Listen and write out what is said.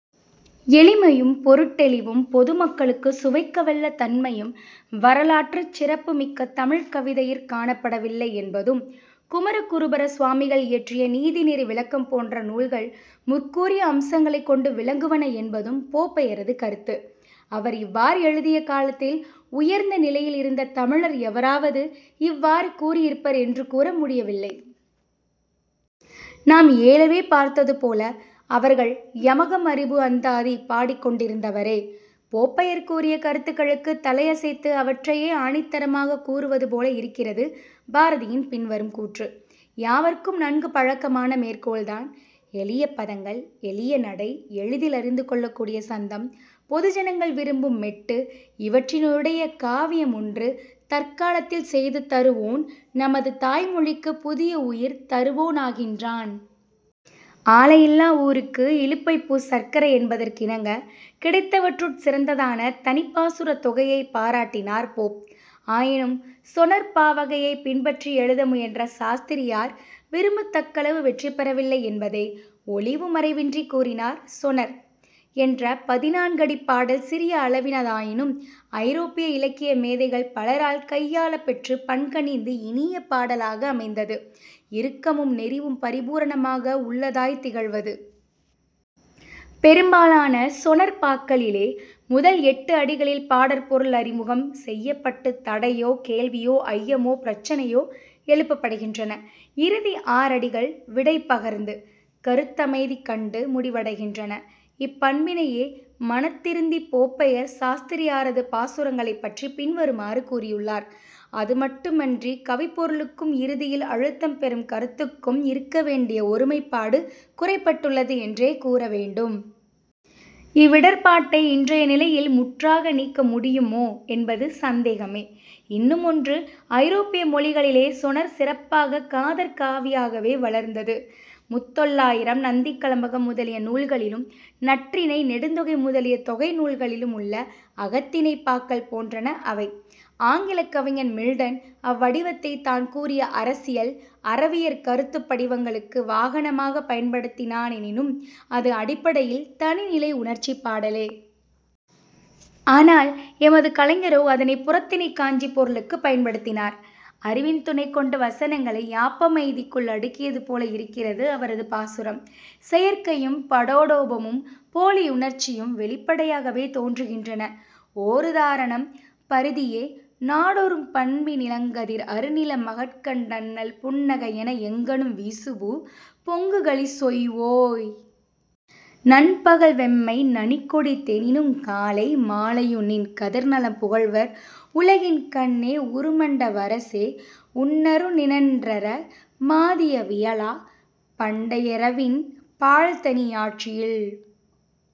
எளிமையும், பொருட்டௌிவும், பொது மக்களும் சுவைக்கவல்ல தன்மையும் வரலாற்றுச் சிறப்பு மிக்க தமிழ்க் கவிதையிற் காணப்படவில்லை என்பதும், குமரகுருபரசுவாமிகள் இயற்றிய நீதிநெறி விளக்கம் போன்ற நூல்கள் முற்கூறிய அம்சங்களைக் கொண்டு விளங்குவன என்பதும் போப்பையரது கருத்து. அவர் இவ்வாறு எழுதிய காலத்தில் உயர்ந்த நிலையிலிருந்த தமிழர் எவராவது இவ்வாறு கூறியிருப்பர் என்று கூற முடியவில்லை. நாம் ஏலவே பார்த்ததுபோல அவர்கள் 'யமகம் திரிபு அந்தாதி' பாடிக்கொண்டிருந்தவரே. போப்பையர் கூறிய கருத்துக்களுக்குத் தலையசைத்து அவற்றையே ஆணித்தரமாகக் கூறுவதுபோல இருக்கிறது பாரதியின் பின்வரும் கூற்று. யாவருக்கும் நன்கு பழக்கமான மேற்கோள்தான்: "எளிய பதங்கள், எளிய நடை, எளிதில் அறிந்து கொள்ளக்கூடிய சந்தம், பொது ஜனங்கள் விரும்பும் மெட்டு இவற்றினையுடைய காவியம் ஒன்று தற்காலத்தில் செய்து தருவோன் நமது தாய் மொழிக்குப் புதிய உயிர் தருவோனாகின்றான். " ஆலையில்லா ஊருக்கு இலுப்பைப்பூ சர்க்கரை என்பதற்கிணங்க, கிடைத்தவற்றுட் சிறந்ததான தனிப்பாசுரத் தொகையைப் பாராட்டினார் போப். ஆயினும் 'சொனெற்' பாவகையைப் பின்பற்றி எழுத முயன்ற சாஸ்திரியார் விரும்பத்தக்களவு வெற்றிபெற வில்லை என்பதை ஒளிமறைவுவின்றிக் கூறினார். 'சொனெற்' என்ற பதினான்கடிப் பாடல் சிறிய அளவினதாயினும், ஐரோப்பிய இலக்கிய மேதைகள் பலரால் கையாளப் பெற்றுப் பண்கனிந்து இனிய பாடலாக அமைந்தது; இறுக்கமும் நெறிவும் பரிபூரணமாக உள்ளதாய்த் திகழ்வது. பெரும் பாலான சொனெற் பாக்களிலே, முதல் எட்டு அடிகளில் பாடற் பொருள் அறிமுகம் செய்யப்பட்டுத் தடையோ, கேள்வியோ, ஐயமோ, பிரச்சினையோ எழுப்பப்படுகின்றன. இறுதி ஆறடிகள் விடை பகர்ந்து, கருத்தமைதி கண்டு முடிவடைகின்றன. இப்பண்பினையே மனந்திருத்திப் போப்பையர் சாஸ்திரியாரது பாசுரங்களைப் பற்றிப் பின்வருமாறு கூறியுள்ளார்: "... அதுமட்டு மன்றிக் கவிப்பொருளுக்கும் இறுதியில் அழுத்தம் பெறும் கருத்துக்கும் இருக்கவேண்டிய ஒருமைப்பாடு குறைபட்டுள்ளது என்றே கூறவேண்டும். இவ்விடர்ப்பாட்டை இன்றைய நிலையில் முற்றாக நீக்க முடியுமோ என்பது சந்தேகமே. " இன்னுமொன்று, ஐரோப்பிய மொழிகளிலே 'சொனெற்' சிறப்பாகக் காதற் கவியாகவே வளர்ந்தது. முத்தொள்ளாயிரம், நந்திக்கலம்பகம், முதலிய நூல்களிலும், நற்றிணை, நெடுந்தொகை முதலிய தொகை நூல்களிலும் உள்ள அகத்திணைப் பாக்கள் போன்றன அவை. ஆங்கிலக் கவிஞன் மில்டன் அவ்வடிவத்தைத் தான் கூறிய அரசியல், அறவியற் கருத்துப் படிவங்களுக்கு வாகனமாகப் பயன்படுத்தினா னெனினும், அது அடிப்படையில் தனிநிலை உணர்ச்சிப்பாடலே. ஆனால் எமது கலைஞரோ, அதனைப் புறத்திணைக் காஞ்சிப் பொருளுக்குப் பயன்படுத்தினார். அறிவின் துணைகொண்டு வசனங்களை யாப்பமைதிக்குள் அடுக்கியது போல இருக்கிறது அவரது பாசுரம். செயற்கையும் படாடோபமும் போலியுணர்ச்சியும் வௌிப்படையாகவே தோன்றுகின்றன. ஓருதாரணம்: "பரிதியே! நாடொறும் பண்பி னிளங்கதிர் அருநில மகட்கண் டண்ணல்புன் னகையென எங்கணும் வீசுபு பொங்குகளி சொய்வோய்! நண்பகல் வெம்மை நனிகொடி தெனினுங் காலை மாலையுநின் கதிர் நலம் புகழ்வர் உலகின் கண்ணே! உறுமண்ட வரசே! உன்னரு னின்றற மாதிய வியலா; பண்டையிரவின் பாழ்த்தனி யாட்சியில்